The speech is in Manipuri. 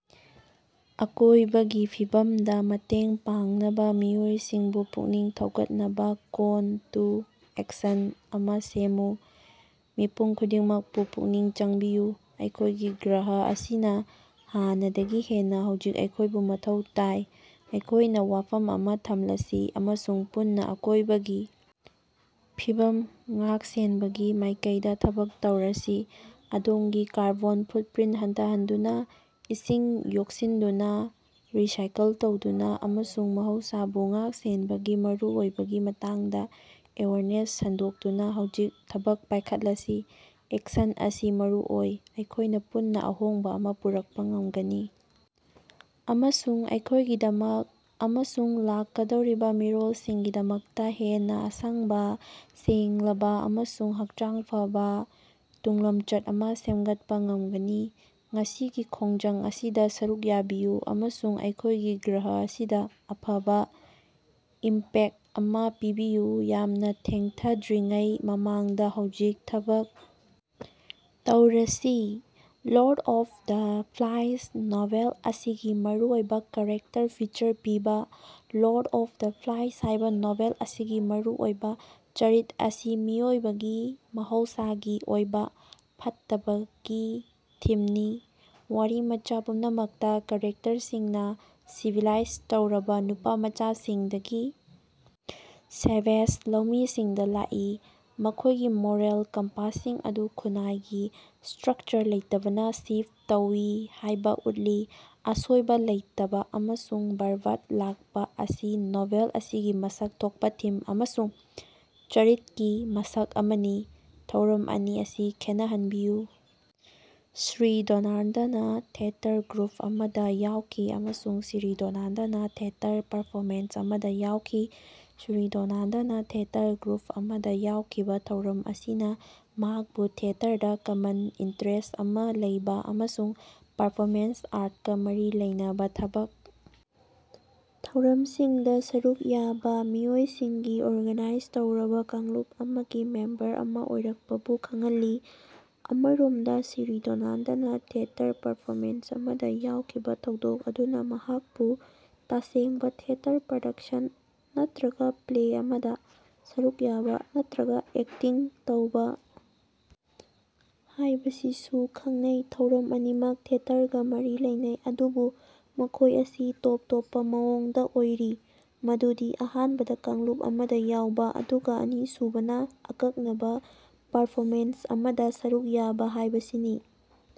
‎ ꯑꯀꯣꯏꯕꯒꯤ ꯐꯤꯕꯝꯗ ꯃꯇꯦꯡ ꯄꯥꯡꯅꯕ ꯃꯤꯑꯣꯏꯁꯤꯡꯕꯨ ꯄꯨꯛꯅꯤꯡ ꯊꯧꯒꯠꯅꯕ ꯀꯣꯜ ꯇꯨ ꯑꯦꯛꯁꯟ ꯑꯃꯥ ꯁꯦꯝꯃꯨ꯫ ꯃꯤꯄꯨꯝ ꯈꯨꯗꯤꯡꯃꯛꯄꯨ ꯄꯨꯛꯅꯤꯡ ꯆꯪꯕꯤꯌꯨ꯫ ꯑꯩꯈꯣꯏꯒꯤ ꯒ꯭ꯔꯍ ꯑꯁꯤꯅ ꯍꯥꯟꯅꯗꯒꯤ ꯍꯦꯟꯅ ꯍꯧꯖꯤꯛ ꯑꯩꯈꯣꯏꯕꯨ ꯃꯊꯧ ꯇꯥꯏ꯫ ꯑꯩꯈꯣꯏꯅ ꯋꯥꯐꯝ ꯑꯃ ꯊꯝꯂꯁꯤ ꯑꯃꯁꯨꯡ ꯄꯨꯟꯅ ꯑꯀꯣꯏꯕꯒꯤ ꯐꯤꯕꯝ ꯉꯥꯛ-ꯁꯦꯟꯕꯒꯤ ꯃꯥꯏꯀꯩꯗ ꯊꯕꯛ ꯇꯧꯔꯁꯤ꯫ ꯑꯗꯣꯝꯒꯤ ꯀꯥꯔꯕꯣꯟ ꯐꯨꯠꯄ‌꯭ꯔꯤꯟ ꯍꯟꯊꯍꯟꯗꯨꯅ, ꯏꯁꯤꯡ ꯌꯣꯛꯁꯤꯟꯗꯨꯅ, ꯔꯤꯁꯥꯏꯀꯜ ꯇꯧꯗꯨꯅ ꯑꯃꯁꯨꯡ ꯃꯍꯧꯁꯥꯕꯨ ꯉꯥꯛ-ꯁꯦꯟꯕꯒꯤ ꯃꯔꯨꯑꯣꯏꯕꯒꯤ ꯃꯇꯥꯡꯗ ꯑꯦꯋꯦꯌꯔꯅꯦꯁ ꯁꯟꯗꯣꯛꯇꯨꯅ ꯍꯧꯖꯤꯛ ꯊꯕꯛ ꯄꯥꯏꯈꯠꯂꯁꯤ꯫ ꯑꯦꯛꯁꯟ ꯑꯁꯤ ꯃꯔꯨ ꯑꯣꯏ꯫ ꯑꯩꯈꯣꯏꯅ ꯄꯨꯟꯅ ꯑꯍꯣꯡꯕ ꯑꯃꯥ ꯄꯨꯔꯛꯄ ꯉꯝꯒꯅꯤ ꯑꯃꯁꯨꯡ ꯑꯩꯈꯣꯏꯒꯤꯗꯃꯛ ꯑꯃꯁꯨꯡ ꯂꯥꯛꯀꯗꯧꯔꯤꯕ ꯃꯤꯔꯣꯜꯁꯤꯡꯒꯤꯗꯃꯛꯇ ꯍꯦꯟꯅ ꯑꯁꯪꯕ, ꯁꯦꯡꯂꯕ ꯑꯃꯁꯨꯡ ꯍꯛꯆꯥꯡ ꯐꯕ ꯇꯨꯡꯂꯝꯆꯠ ꯑꯃ ꯁꯦꯝꯒꯠꯄ ꯉꯝꯒꯅꯤ꯫ ꯉꯁꯤꯒꯤ ꯈꯣꯡꯖꯪ ꯑꯁꯤꯗ ꯁꯔꯨꯛ ꯌꯥꯕꯤꯌꯨ ꯑꯃꯁꯨꯡ ꯑꯩꯈꯣꯏꯒꯤ ꯒ꯭ꯔꯍ ꯑꯁꯤꯗ ꯑꯐꯕ ꯏꯝꯄꯦꯛ ꯑꯃ ꯄꯤꯕꯤꯌꯨ꯫ ꯌꯥꯝꯅ ꯊꯦꯡꯊꯗ꯭ꯔꯤꯉꯩ ꯃꯃꯥꯡꯗ ꯍꯧꯖꯤꯛ ꯊꯕꯛ ꯇꯧꯔꯁꯤ꯫ Lord of the flies novel ꯑꯁꯤꯒꯤ ꯃꯔꯨꯑꯣꯏꯕ ꯀꯦꯔꯦꯛꯇꯔ ꯐꯤꯆꯔ ꯄꯤꯕꯥ꯫ ꯂꯔꯗ ꯑꯣꯐ ꯗ ꯐ꯭ꯂꯥꯏꯁ ꯍꯥꯏꯕ ꯅꯣꯚꯦꯜ ꯑꯁꯤꯒꯤ ꯃꯔꯨ ꯑꯣꯏꯕ ꯆꯔꯤꯠ ꯑꯁꯤ ꯃꯤꯑꯣꯏꯕꯒꯤ ꯃꯍꯧꯁꯥꯒꯤ ꯑꯣꯏꯕ ꯐꯠꯇꯕꯒꯤ ꯊꯤꯝꯅꯤ꯫ ꯋꯥꯔꯤꯃꯆꯥ ꯄꯨꯝꯅꯃꯛꯇꯥ ꯀ‌ꯦꯔꯦꯛꯇꯔꯁꯤꯡꯅ ꯁꯤꯚꯤꯂꯥꯏꯖ ꯇꯧꯔꯕ ꯅꯨꯄꯥꯃꯆꯥꯁꯤꯡꯗꯒꯤ ꯁꯦꯚꯦꯖ ꯂꯧꯃꯤꯁꯤꯡꯗ ꯂꯥꯛꯏ, ꯃꯈꯣꯏꯒꯤ ꯃꯣꯔꯦꯜ ꯀꯝꯄꯥꯁꯁꯤꯡ ꯑꯗꯨ ꯈꯨꯟꯅꯥꯏꯒꯤ ꯁ꯭ꯠꯔꯀꯆꯔ ꯂꯩꯇꯕꯅ ꯁꯤꯐ ꯇꯧꯏ ꯍꯥꯏꯕ ꯎꯠꯂꯤ꯫ ꯑꯁꯣꯏꯕ ꯂꯩꯇꯕ ꯑꯃꯁꯨꯡ ꯕꯔꯕꯔꯠ ꯂꯥꯛꯄ ꯑꯁꯤ ꯅꯣꯚꯦꯜ ꯑꯁꯤꯒꯤ ꯃꯁꯛ ꯊꯣꯛꯄ ꯊꯤꯝ ꯑꯃꯁꯨꯡ ꯆꯔꯤꯠꯔꯒꯤ ꯃꯁꯛ ꯑꯃꯅꯤ꯫ ꯊꯧꯔꯝ ꯑꯅꯤ ꯑꯁꯤ ꯈꯦꯠꯅꯍꯟꯕꯤꯌꯨ: ꯁ꯭ꯔꯤ ꯗꯣꯅꯥꯜꯗꯅ ꯊꯤꯌꯦꯇꯔ ꯒ꯭ꯔꯨꯞ ꯑꯃꯗ ꯌꯥꯎꯈꯤ ꯑꯃꯁꯨꯡ ꯁ꯭ꯔꯤ ꯗꯣꯅꯥꯜꯗꯅ ꯊꯤꯌꯦꯇꯔ ꯄꯔꯐꯣꯃꯦꯟꯁ ꯑꯃꯗ ꯌꯥꯎꯈꯤ꯫ ꯁ꯭ꯔꯤ ꯗꯣꯅꯥꯜꯗꯅ ꯊꯤꯌꯦꯇꯔ ꯒ꯭ꯔꯨꯞ ꯑꯃꯗ ꯌꯥꯎꯈꯤꯕ ꯊꯧꯔꯝ ꯑꯁꯤꯅ ꯃꯍꯥꯛꯄꯨ ꯊꯤꯌꯦꯇꯔꯗ ꯀꯃꯟ ꯏꯟꯇꯔꯦꯁ ꯑꯃꯥ ꯂꯩꯕ ꯑꯃꯁꯨꯡ ꯄꯔꯐꯣꯃꯦꯟꯁ ꯑꯥꯔꯠꯀ ꯃꯔꯤ ꯂꯩꯅꯕ ꯊꯕꯛ ꯊꯧꯔꯝꯁꯤꯡꯗ ꯁꯔꯨꯛ ꯌꯥꯕ ꯃꯤꯑꯣꯏꯁꯤꯡꯒꯤ ꯑꯣꯔꯒꯅꯥꯏꯖ ꯇꯧꯔꯕ ꯀꯥꯡꯂꯨꯞ ꯑꯃꯒꯤ ꯃꯦꯝꯕꯔ ꯑꯃ ꯑꯣꯏꯔꯛꯄꯕꯨ ꯈꯪꯍꯜꯂꯤ꯫ ꯑꯃꯔꯣꯝꯗ ꯁ꯭ꯔꯤ ꯗꯣꯅꯥꯜꯗꯅ ꯊꯤꯌꯦꯇꯔ ꯄꯔꯐꯣꯃꯦꯟꯁ ꯑꯃꯗ ꯌꯥꯎꯈꯤꯕ ꯊꯧꯗꯣꯛ ꯑꯗꯨꯅ ꯃꯍꯥꯛꯄꯨ ꯇꯁꯦꯡꯕ ꯊꯤꯌꯦꯇꯔ ꯄ꯭ꯔꯣꯗꯛꯁꯟ ꯅꯠꯇꯔꯒ ꯄ꯭ꯂꯦ ꯑꯃꯗ ꯁꯔꯨꯛ ꯌꯥꯕ ꯅꯠꯇꯔꯒ ꯑꯦꯛꯇꯤꯡ ꯇꯧꯕ ꯍꯥꯏꯕꯁꯤꯕꯨ ꯈꯪꯅꯩ꯫ ꯊꯧꯔꯝ ꯑꯅꯤꯃꯛ ꯊꯤꯌꯦꯇꯔꯒꯥ ꯃꯔꯤ ꯂꯩꯅꯩ, ꯑꯗꯨꯕꯨ ꯃꯈꯣꯏ ꯑꯁꯤ ꯇꯣꯞ ꯇꯣꯞꯄ ꯃꯑꯣꯡꯗ ꯑꯣꯏꯔꯤ ꯃꯗꯨꯗꯤ ꯑꯍꯥꯟꯕꯗꯥ ꯀꯥꯡꯂꯨꯞ ꯑꯃꯗ ꯌꯥꯎꯕ ꯑꯗꯨꯒ ꯑꯅꯤꯁꯨꯕꯅ ꯑꯀꯛꯅꯕ ꯄꯔꯐꯣꯃꯦꯟꯁ ꯑꯃꯗ ꯁꯔꯨꯛ ꯌꯥꯕ ꯍꯥꯏꯕꯁꯤꯅꯤ꯫